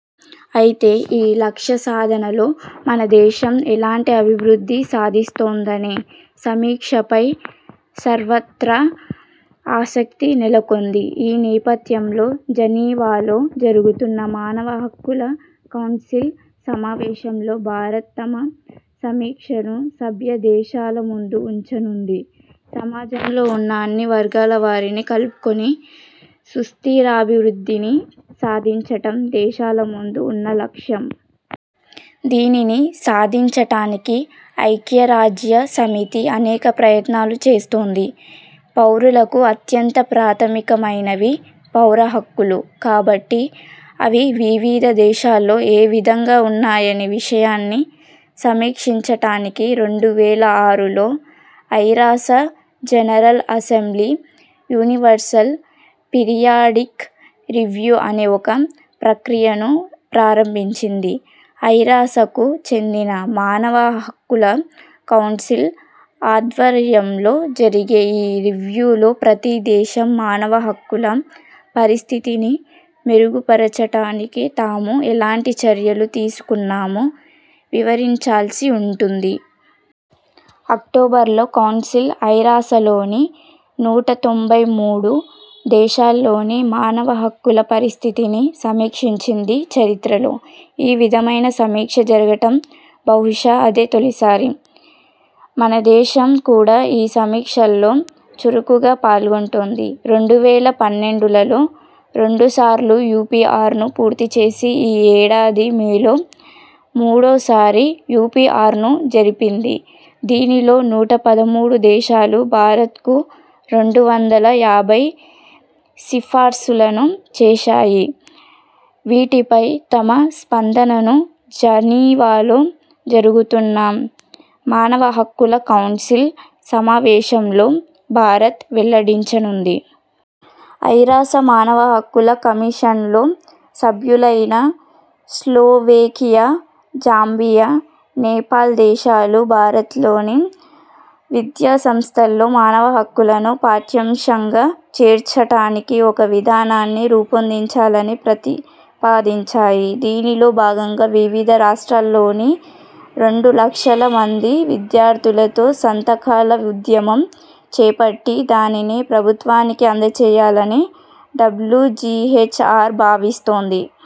అయితే ఈ లక్ష్య సాధనలో మన దేశం ఎలాంటి అభివృద్ధి సాధిస్తోందనే సమీక్షపై సర్వత్రా ఆసక్తి నెలకొంది. ఈ నేపథ్యంలో జనీవాలో జరుగుతున్న మానవ హక్కుల కౌన్సిల్ సమావేశంలో భారత్ తమ సమీక్షను సభ్య దేశాల ముందు ఉంచనుంది. సమాజంలో ఉన్న అన్ని వర్గాల వారిని కలుపుకొని సుస్థిరాభివృద్ధిని సాధించటం దేశాల ముందు ఉన్న లక్ష్యం. దీనిని సాధించటానికి ఐక్యరాజ్య సమితి అనేక ప్రయత్నాలు చేస్తోంది. పౌరులకు అత్యంత ప్రాథమికమైనవి పౌర హక్కులు కాబట్టి అవి వివిధ దేశాల్లో ఏ విధంగా ఉన్నాయనే విషయాన్ని సమీక్షించటానికి రెండు వేల ఆరులో ఐరాస general assembly universal periodic review అనే ఒక ప్రక్రియను ప్రారంభించింది ఐరాసకు చెందిన మానవహక్కుల కౌన్సిల్ ఆధ్వర్యంలో జరిగే ఈ రివ్యూలో ప్రతి దేశం మానవ హక్కుల పరిస్థితిని మెరుగుపరచటానికి తాము ఎలాంటి చర్యలు తీసుకున్నామో వివరించాల్సి ఉంటుంది. అక్టోబర్లో కౌన్సిల్ ఐరాసలోని నూట తొంభై మూడు దేశాల్లోని మానవ హక్కుల పరిస్థితిని సమీక్షించింది చరిత్రలో ఈ విధమైన సమీక్ష జరగటం బహుశా అదే తొలిసారి. మన దేశం కూడా ఈ సమీక్షల్లో చురుకుగా పాల్గొంటోంది. రెండు వేల పన్నెండులలో రెండు సార్లు యూపీఆర్ను పూర్తి చేసి ఈ ఏడాది మేలో మూడో సారి యూపీఆర్ను జరిపింది దీనిలో నూట పదమూడు దేశాలు భారత్కు రెండు వందల యాభై సిఫార్సులను చేశాయి వీటిపై తమ స్పందనను జనీవాలో జరుగుతున్న మానవ హక్కుల కౌన్సిల్ సమావేశంలో భారత్ వెల్లడించనుంది. ఐరాస మానవ హక్కుల కమిషన్లో సభ్యులైన స్లోవేకియా, జాంబియా, నేపాల్ దేశాలు భారత్లోని విద్యా సంస్థల్లో మానవ హక్కులను పాఠ్యాంశంగా చేర్చటానికి ఒక విధానాన్ని రూపొందించాలని ప్రతిపాదించాయి. దీనిలో భాగంగా వివిధ రాష్ట్రాల్లోని రెండు లక్షల మంది విద్యార్థులతో సంతకాల ఉద్యమం చేపట్టి దానిని ప్రభుత్వానికి అందచేయాలని డబ్లుజీహెచ్ఆర్ భావిస్తోంది.